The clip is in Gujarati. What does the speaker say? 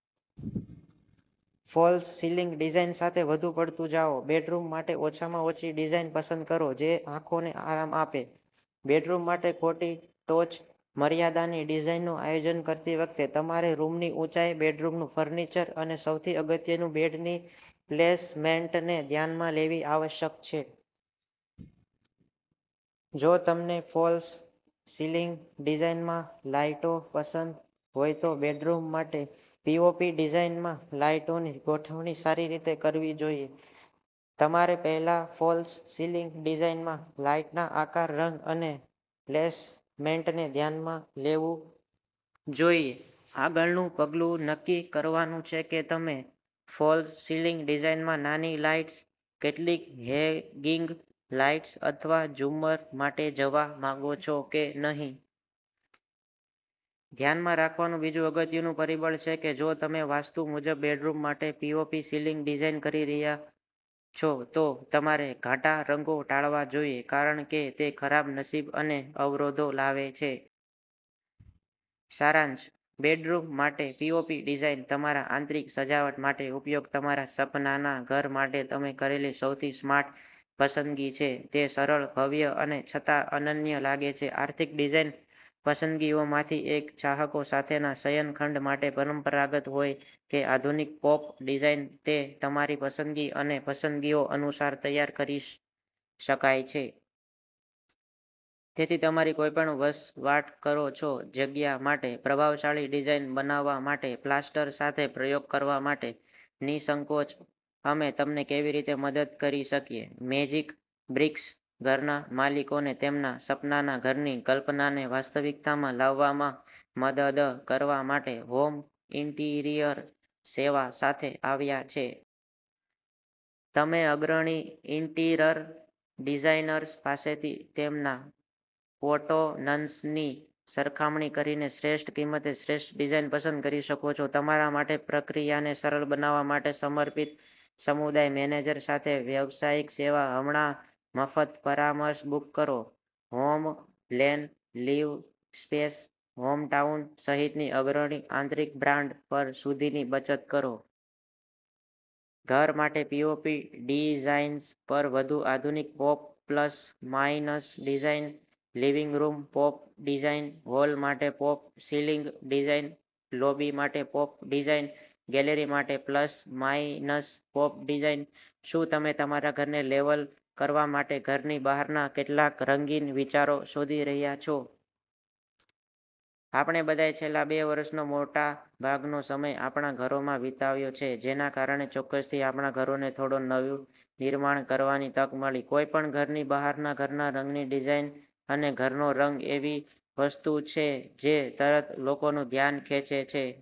ફોલ્સ સિલિંગ ડિઝાઇન સાથે વધુ પડતું જાઓ. બેડરૂમ માટે ઓછામાં ઓછી ડિઝાઇન પસંદ કરો જે આંખોને આરામ આપે. બેડરૂમ માટે ખોટી ટોચમર્યાદાની ડિઝાઇનનું આયોજન કરતી વખતે તમારે રૂમની ઊંચાઈ, બેડરૂમનું ફર્નિચર અને સૌથી અગત્યનું, બેડની પ્લેસમેન્ટને ધ્યાનમાં લેવી આવશ્યક છે. જો તમને ફોલ્સ સિલિંગ ડિઝાઈનમાં લાઈટો પસંદ હોય તો બેડરૂમ માટે પીઓપી ડિઝાઈનમાં લાઈટોની ગોઠવણી સારી રીતે કરવી જોઈએ. તમારે પહેલા ફોલ્સ સિલિંગ ડિઝાઇનમાં લાઇટના આકાર, રંગ અને પ્લેસમેન્ટને ધ્યાનમાં લેવું જોઈએ. આગળનું પગલું નક્કી કરવાનું છે કે તમે ફોલ્સ સિલિંગ ડિઝાઇનમાં નાની લાઇટ્સ, કેટલીક હેંગિંગ લાઇટ્સ અથવા ઝુમ્મર માટે જવા માંગો છો કે નહીં. ધ્યાનમાં રાખવાનું બીજું અગત્યનું પરિબળછે કે જો તમે વાસ્તુ મુજબ બેડરૂમ માટે પીઓપી સીલિંગ ડિઝાઇન કરી રહ્યા છો, તો તમારે ઘાટા રંગો ટાળવા જોઈએ કારણ કે તે ખરાબ નસીબ અને અવરોધો લાવે છે. સારાંશ બેડરૂમ માટે પીઓપી ડિઝાઇન તમારા આંતરિક સજાવટ માટે ઉપયોગ તમારા સપનાના ઘર માટે તમે કરેલી સૌથી સ્માર્ટ પસંદગી છે. તે સરળ, ભવ્ય અને છતાં અનન્ય લાગે છે. આર્થિક ડિઝાઇન પસંદગીઓમાંની એક. ચાહકો સાથેના શયનખંડ માટે પરંપરાગત હોય કે આધુનિક પૉપ ડિઝાઇન, તે તમારી પસંદગી અને પસંદગીઓ અનુસાર તૈયાર કરી શકાય છે. તેથી તમારી કોઈપણ વસવાટ કરો છો જગ્યા માટે પ્રભાવશાળી ડિઝાઇન બનાવવા માટે પ્લાસ્ટર સાથે પ્રયોગ કરવા માટે નિઃસંકોચ. અમે તમને કેવી રીતે મદદ કરી શકીએ? મેજિક બ્રિક્સ ઘરના માલિકોને તેમના સપનાના ઘરની કલ્પનાને વાસ્તવિકતામાં લાવવામાં મદદ કરવા માટે હોમ ઇન્ટિરિયર સેવા સાથે આવ્યા છે. તમે અગ્રણી ઇન્ટિરર ડિઝાઇનર્સ પાસેથી તેમના ક્વોટૉન્સની સરખામણી કરીને શ્રેષ્ઠ કિંમતે શ્રેષ્ઠ ડિઝાઇન પસંદ કરી શકો છો. તમારા માટે પ્રક્રિયાને સરળ બનાવવા માટે સમર્પિત સમુદાય મેનેજર સાથે વ્યવસાયિક સેવા. હમણાં મફત પરામર્શ બુક કરો હોમલેન, લિવસ્પેસ, હોમટાઉન સહિતની અગ્રણી આંતરિક બ્રાન્ડ પર સુધીની બચત કરો. ઘર માટે પીઓપી ડિઝાઇન્સ પર વધુ આધુનિક POP plus minus design, living room POP design, hall માટે પોપ સીલિંગ ડિઝાઇન, લોબી માટે પોપ ડિઝાઇન, ગેલેરી માટે પ્લસ માઇનસ પૉપ ડિઝાઇન. શું તમે તમારા ઘરને લેવલ કરવા માટે ઘરની બહારના કેટલાક રંગીન વિચારો શોધી રહ્યાં છો? આપણે બધાએ છેલ્લાં બે વર્ષનો મોટા ભાગનો સમય આપણા ઘરોમાં વિતાવ્યો છે જેના કારણે ચોક્કસથી આપણા ઘરોને થોડો નવનિર્માણ કરવાની તક મળી. કોઈપણ ઘરની બહારના ઘરના રંગની ડિઝાઇન અને ઘરનો રંગ એવી વસ્તુ છે જે તરત લોકોનું ધ્યાન ખેંચે છે.